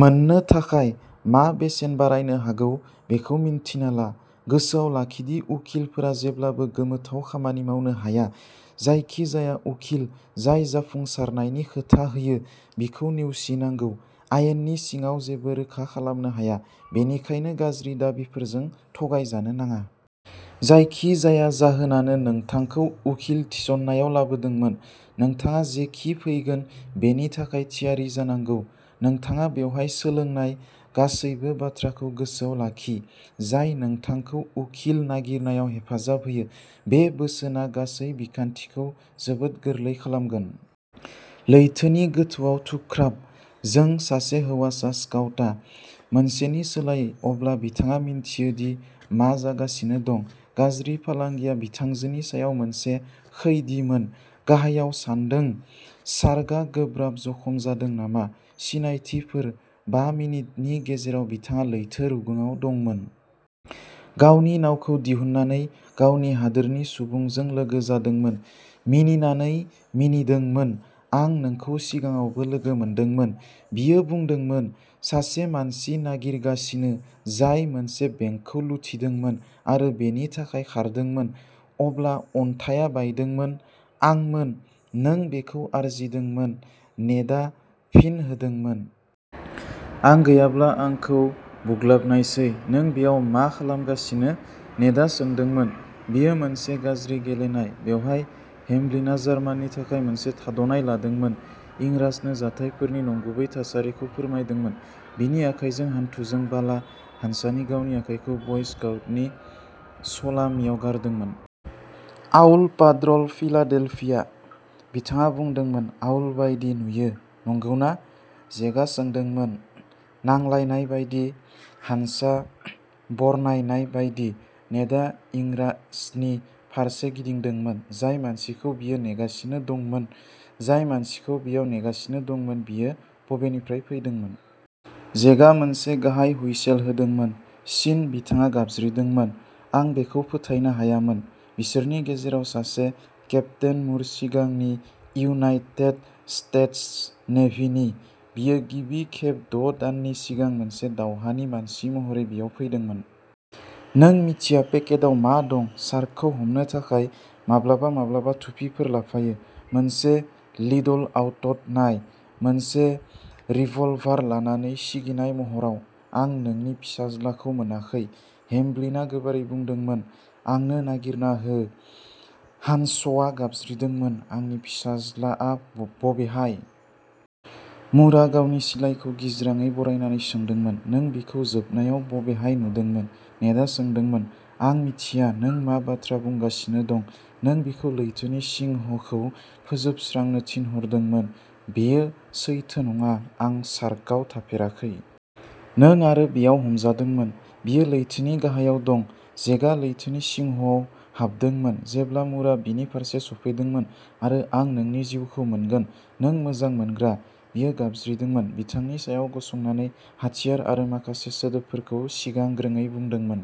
मोन्नो थाखाय। मा बेसेन बारायनो हागौ बेखौ मिन्थिना ला। गोसोआव लाखि दि उखिलफोरा जेब्लाबो गोमोथाव खामानि मावनो हाया। जायखिजाया उखिल जाय जाफुंसारनायनि खोथा होयो, बिखौ नेवसिनांगौ। आयेननि सिङाव जेबो रोखा खालामनो हाया, बेनिखायनो गाज्रि दाबिफोरजों थगायजानो नाङा। जायखिजाया जाहोनानो नोंथांखौ उखिल थिसननायाव लाबोदोंमोन, नोंथाङा जेखि फैगोन बेनि थाखाय थियारि जानांगौ। नोंथाङा बेवहाय सोलोंनाय गासैबो बाथ्राखौ गोसोआव लाखि, जाय नोंथांखौ उखिल नागिरनायाव हेफाजाब होयो। बे बोसोनआ गासै बिखान्थिखौ जोबोद गोरलै खालामगोन। लैथोनि गोथौआव "थुख्राब" जों सासे हौवासा स्काउटा। मोनसेनि सोलायै। अब्ला बिथाङा मिन्थियो दि मा जागासिनो दं। गाज्रि फालांगिया बिथांजोनि सायाव मोनसे खैदीमोन। "गाहायाव। सानदों शार्कआ गोब्राब जखम जादों नामा?" सिनायथिफोर। बा मिनिटनि गेजेराव बिथाङा लैथो रुगुंआव दंमोन। गावनि नावखौ दिहुननानै गावनि हादोरनि सुबुंजों लोगो जादोंमोन। "मिनिनानै मिनिदोंमोन। "आं नोंखौ सिगाङावबो लोगो मोनदोंमोन!" बियो बुंदोंमोन। सासे मानसि नागिरगासिनो जाय मोनसे बेंकखौ लुथिदोंमोन आरो'बेनि थाखाय खारदोंमोन'। अब्ला अन्थाइआ बायदोंमोन आंमोन। "" नों बेखौ आरजिदोंमोन ", नेडआ फिन होदोंमोन। आं गैयाब्ला आंखौ बुग्लाबनायसै।" "नों बेयाव मा खालामगासिनो?" नेडआ सोंदोंमोन। "बेयो मोनसे गाज्रि गेलेनाय, बेवहाय।" हेमब्लिना जार्माननि थाखाय मोनसे थाद'नाय लादोंमोन। इंराजनो जाथायफोरनि नंगुबै थासारिखौ फोरमायदोंमोन। बिनि आखाइजों हान्थुजों बाला। हान्सा गावनि आखायखौ बय स्काउटनि सलामीआव गारदोंमोन। "Owl पाड्र'ल, Philadelphia!" बिथाङा बुंदोंमोन। "आउल बायदि नुयो, नंगौना?" जेकआ सोंदोंमोन। नांलायनाय बायदि, हान्सा बरनायनाय बायदि। नेडआ इंराजनि फारसे गिदिंदोंमोन। जाय मानसिखौ बियो नेगासिनो दंमोन? "" जाय मानसिखौ बेयाव नेगासिनो दंमोन बियो बबेनिफ्राय फैदोंमोन? "जेकआ मोनसे गाहाय हुइसेल होदोंमोन।" चीन! "बिथाङा गाबज्रिदोंमोन।" आं बेखौ फोथायनो हायामोन। "" बिसोरनि गेजेराव सासे-- केप्टेन मुर, सिगांनि इउनाइटेड स्टेट्स नेभिनि, " "बियो गिबि खेब द'दाननि सिगां मोनसे दावहानि मानसि महरै बेयाव फैदोंमोन।" "नों मिथिया पेकेटआव मा दं?" "शार्कखौ हमनो थाखाय!" माब्लाबा-माब्लाबा थुफिफोर लाफायो। मोनसे लिडल आउड्ट नाय! "मोनसे रिभलभार लानानै सिगिनाय महराव।" आं नोंनि फिसाज्लाखौ मोनाखै! "हेमब्लिना गोबारै बुंदोंमोन।" आंनो नागिरना हो! "हानसआ गाबज्रिदोंमोन।" आंनि फिसाज्लाआ बबेहाय? "मुरआ गावनि सिलाइखौ गिज्राङै बारायनानै सोंदोंमोन।" नों बिखौ जोबनायाव बबेहाय नुदोंमोन? "नेडआ सोंदोंमोन।" आं मिथिया नों मा बाथ्रा बुंगासिनो दं। "" नों बिखौ लैथोनि सिंहखौ फोजोबस्रांनो थिनहरदोंमोन। "" बेयो सैथो नङा। आं शार्कआव थाफेराखै। "नों आरो बेयाव हमजादोंमोन।" "बियो लैथोनि गाहायाव दं!" जेकआ लैथोनि सिंहआव हाबदोंमोन जेब्ला मुरआ बिनि फारसे सौफैदोंमोन। आरो आं नोंनि जिउखौ मोनगोन। "" नों मोजां मोनग्रा! "बियो गाबज्रिदोंमोन, बिथांनि सायाव गसंनानै। हाथियार आरो माखासे सोदोबफोरखौ सिगांग्रोङै बुंदोंमोन।